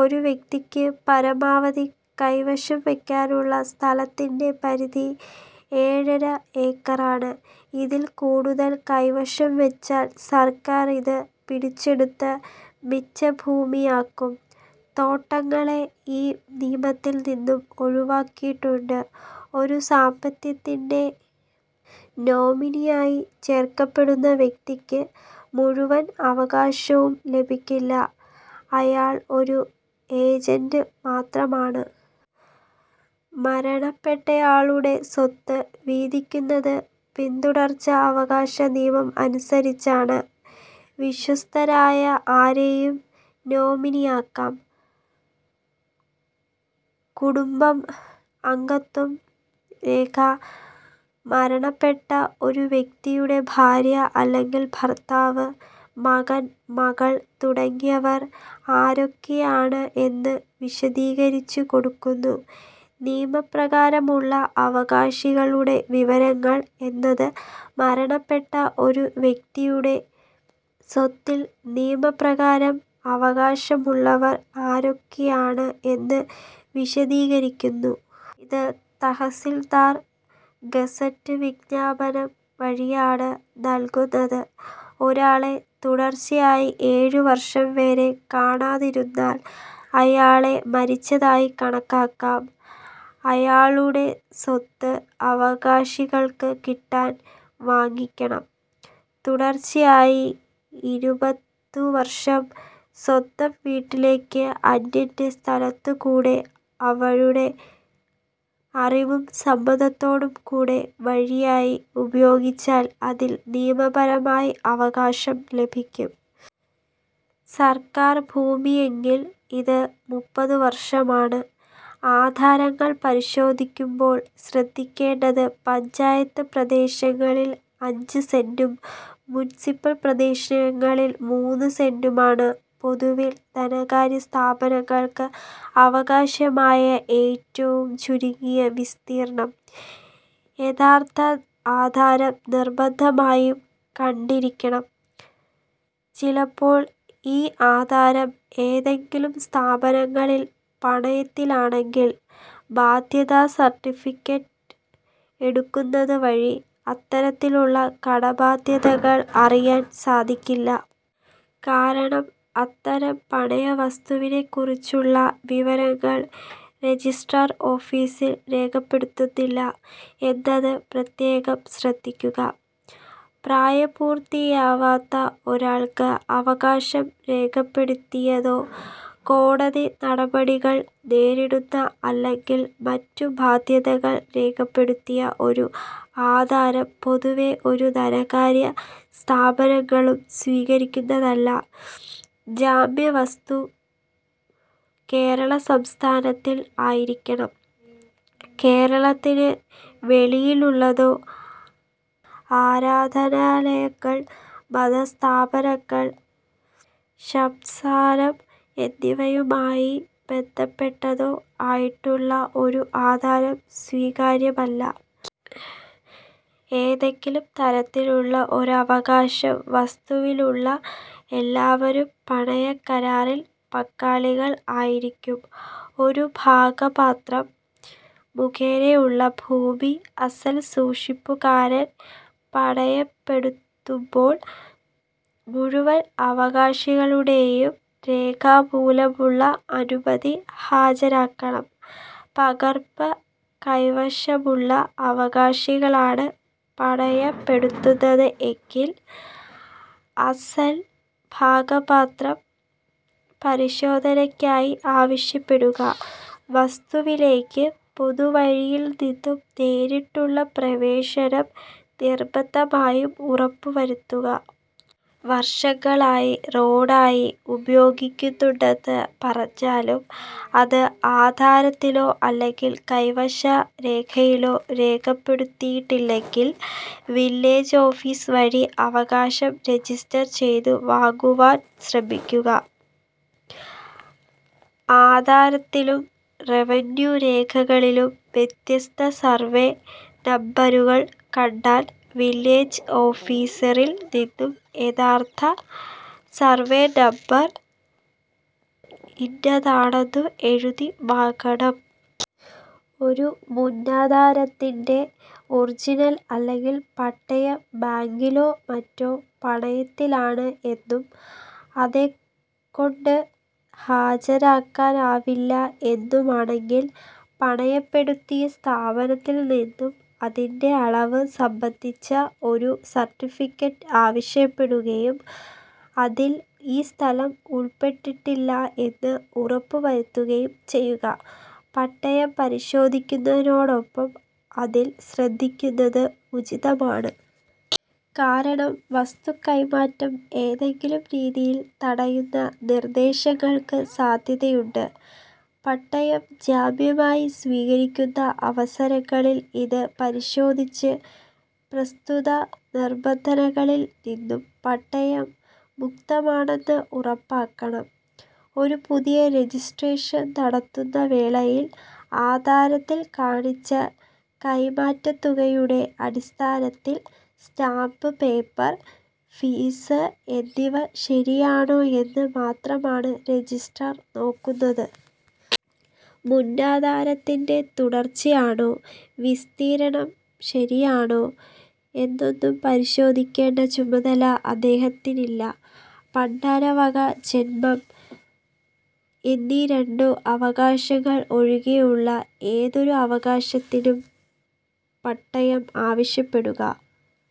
ഒരു വ്യക്തിക്ക് പരമാവധി കൈവശം വെക്കാനുള്ള സ്ഥലത്തിന്റെ പരിധി ഏഴര ഏക്കറാണ്. ഇതിൽ കൂടുതൽ കൈവശം വെച്ചാൽ സർക്കാർ അത് പിടിച്ചെടുത്ത മിച്ചഭൂമിയാക്കും. തോട്ടങ്ങളെ ഈ നിയമത്തിൽ നിന്നും ഒഴിവാക്കിയിട്ടുണ്ട്. ഒരു സാമ്പദ്യത്തിന്റെ നോമിനിയായി ചേർക്കപ്പെടുന്ന വ്യക്തിക്ക് മുഴുവൻ അവകാശവും ലഭിക്കില്ല. അയാൾ ഒരു എജന്റ് മാത്രമാണ്. മരണപ്പെട്ടയാളുടെ സ്വത്ത് വീതിക്കുന്നത് പിന്തുടർച്ച അവകാശ നിയമം അനുസരിച്ചാണ്. വിശ്വസ്തരായ ആരെയും നോമിനിയാക്കം. കുടുംബം അംഗത്വം രേഖ മരണപ്പെട്ട ഒരു വ്യക്തിയുടെ ഭാര്യ അല്ലെങ്കിൽ ഭർത്താവ്, മകൻ, മകൾ തുടങ്ങിയവർ ആരൊക്കെയാണ് എന്ന് വിശദീകരിച്ചു കൊടുക്കുന്നു. നിയമപ്രകാരമുള്ള അവകാശികളുടെ വിവരങ്ങൾ എന്നത് മരണപ്പെട്ട ഒരു വ്യക്തിയുടെ സ്വത്തിൽ നിയമപ്രകാരം അവകാശമുള്ളവർ ആരൊക്കെയാണ് എന്ന് വിശദീകരിക്കുന്നു. ഇത് തഹസിൽദാർ, ഗസറ്റ് വിജ്ഞാപനം വഴിയാണ് നൽകുന്നത്. ഒരാളെ തുടർച്ചയായി ഏഴു വർഷം വരെ കാണാതിരുന്നാൽ അയാളെ മരിച്ചതായി കണക്കാക്കാം. അയാളുടെ സ്വത്ത് അവകാശികൾക്ക് കിട്ടാൻ വാങ്ങിക്കണം. തുടർച്ചയായി ഇരുപതുവർഷം സ്വന്തം വീട്ടിലേക്കു അന്യന്റെ സ്ഥലത്തുകൂടെ അവരുടെ അറിവും സമ്മതത്തോടും കൂടെ വഴിയായി ഉപയോഗിച്ചാൽ അതിൽ നിയമപരമായി അവകാശം ലഭിക്കും. സർക്കാർ ഭൂമിയെങ്കിൽ ഇത് മുപ്പതു വർഷമാണ്. ആധാരങ്ങൾ പരിശോധിക്കുമ്പോൾ ശ്രദ്ധിക്കേണ്ടത് പഞ്ചായത്ത് പ്രദേശങ്ങളിൽ അഞ്ച് സെന്റും മുനിസിപൽ പ്രദേശങ്ങളിൽ മൂന്ന് സെന്റുമാണ് പൊതുവിൽ ധനകാര്യ സ്ഥാപനങ്ങൾക്ക് അവകാശമായ ഏറ്റവും ചുരുങ്ങിയ വിസ്തീർണ്ണം. യഥാർഥ ആധാരം നിർബന്ധമായും കണ്ടിരിക്കണം. ചിലപ്പോൾ ഈ ആധാരം ഏതെങ്കിലും സ്ഥാപനങ്ങളിൽ പണയത്തിലാണെങ്കിൽ ബാദ്ധ്യതാ സർട്ടിഫിക്കറ്റ് എടുക്കുന്നത് വഴി അത്തരത്തിലുള്ള കടബാദ്ധ്യതകൾ അറിയാൻ സാധിക്കില്ല. കാരണം അത്തരം പണയവസ്തുവിനെക്കുറിച്ചുള്ളവിവരങ്ങൾ രജിസ്ട്രാർ ഓഫീസിൽ രേഖപ്പെടുത്തുന്നില്ല എന്നത് പ്രത്യേകം ശ്രദ്ധിക്കുക .പ്രായപൂർത്തിയാവാത്ത ഒരാൾക്ക് അവകാശം രേഖപ്പെടുത്തിയതോ കോടതി നടപടികൾ നേരിടുന്ന അല്ലെങ്കിൽ മറ്റു ബാദ്ധ്യതകൾ രേഖപ്പെടുത്തിയ ഒരു ആധാരം പൊതുവേ ഒരു ധനകാര്യ സ്ഥാപനങ്ങളും സ്വീകരിക്കുന്നതല്ല. ജാമ്യ വസ്തു കേരള സംസ്ഥാനത്തിൽ ആയിരിക്കണം. കേരളത്തിന് വെളിയിലുള്ളതോ ആരാധാനാലയങ്ങൾ മതസ്ഥാപനങ്ങൾ ശ്മശാനം എന്നിവയുമായി ബന്ധപ്പെട്ടതോ ആയിട്ടുള്ള ഒരു ആധാരം സ്വീകാര്യമല്ല. ഏതെങ്കിലും തരത്തിലുള്ള ഒരവകാശം വസ്തുവിൽ ഉള്ള എല്ലാവരും പണയ കരാറിൽ പങ്കാളികൾ ആയിരിക്കും. ഒരു ഭാഗപത്രം മുഖേനയുള്ള ഭൂമി അസ്സൽ സൂക്ഷിപ്പുകാരൻ പണയപ്പെടുതുമ്പോൾ, മുഴുവൻ അവകാശികളുടെയും രേഖാമൂലമുള്ള അനുമതി ഹാജരാക്കണം. പകർപ്പ് കൈവശമുള്ള അവകാശികളാണ് പണയപ്പെടുത്തുന്നത് എങ്കിൽ, അസ്സൽ ഭാഗപത്രം പരിശോധനക്കായി ആവശ്യപ്പെടുക. വസ്തുവിലേക്ക് പൊതുവഴിയിൽ നിന്നു നേരിട്ടുള്ള പ്രവേശനം നിർബന്ധമായും ഉറപ്പു വരുത്തുക. വർഷങ്ങളായി റോഡ് ആയി ഉപയോഗിക്കുന്നുണ്ടെന്ന് പറഞ്ഞാലും, അത് ആധാരത്തിലോ അല്ലെങ്കിൽ കൈവശ രേഖയിലോ രേഖപ്പെടുതിയിട്ടില്ലെങ്കിൽ വില്ലേജ് ഓഫീസ് വഴി അവകാശം രജിസ്റ്റർ ചെയ്തു വാങ്ങുവാൻ ശ്രമിക്കുക. ആധാരത്തിലും റവന്യൂ രേഖകളിലും വ്യത്യസ്ത സർവേ നമ്പരുകൾ കണ്ടാൽ, വില്ലേജ് ഓഫീസറിൽ നിന്നും യഥാർത്ഥ സർവ്വേ നംബർ ഇന്നതാണെന്നു എഴുതി വാങ്ങണം. ഒരു മുന്നാധാരത്തിന്റെേ ഒറിജിനൽ അല്ലെങ്കിൽ പട്ടയം ബാങ്കിലോ മറ്റോ പണയത്തിലാണ് എന്നും അതൊകൊണ്ട് ഹാജരാക്കാനാവില്ല എന്നുമാണങ്കിൽ, പണയപ്പെടുത്തിയ സ്ഥാപനത്തിൽ നിന്നും അതിന്റെ അളവ് സംബന്ധിച്ച ഒരു സർട്ടിഫിക്കറ്റ് ആവശ്യപ്പെടുകയും, അതിൽ ഈ സ്ഥലം ഉൾപ്പെട്ടിട്ടില്ല എന്ന് ഉറപ്പു വരുത്തുകയും ചെയ്യുക. പട്ടയം പരിശോധിക്കുന്നതോടൊപ്പം അതിൽ ശ്രദ്ധിക്കുന്നത് ഉചിതമാണ്. കാരണം വസ്തു കൈമാറ്റം ഏതെങ്കിലും രീതിയിൽ തടയുന്ന നിർദ്ദേശങ്ങൾക്ക് സാധ്യതയുണ്ട്. പട്ടയം ജാമ്യമായി സ്വീകരിക്കുന്ന അവസരങ്ങളിൽ ഇത് പരിശോധിച്ച് പ്രസ്തുത നിബന്ധനകളിൽ നിന്നും പട്ടയം മുക്തമാണെന്ന് ഉറപ്പാക്കണം. ഒരു പുതിയ രജിസ്ട്രേഷൻ നടത്തുന്ന വേളയിൽ, ആധാരത്തിൽ കാണിച്ച കൈമാറ്റതുകയുടെ അടിസ്ഥാനത്തിൽ സ്റ്റാമ്പ് പേപ്പർ, ഫീസ് എന്നിവ ശരിയാണോ എന്ന് മാത്രമാണ് രജിസ്ട്രാർ നോക്കുന്നത്. മുന്നാധാരത്തിന്റെ തുടർച്ചയാണോ, വിസ്തീർണ്ണം ശരിയാണോ എന്നൊന്നും പരിശോധിക്കേണ്ട ചുമതല അദ്ദേഹത്തിനില്ല. പണ്ടാരവക, ജന്മം എന്നീ രണ്ടു അവകാശങ്ങൾ ഒഴികെയുള്ള ഏതൊരു അവകാശത്തിനും പട്ടയം ആവശ്യപ്പെടുക.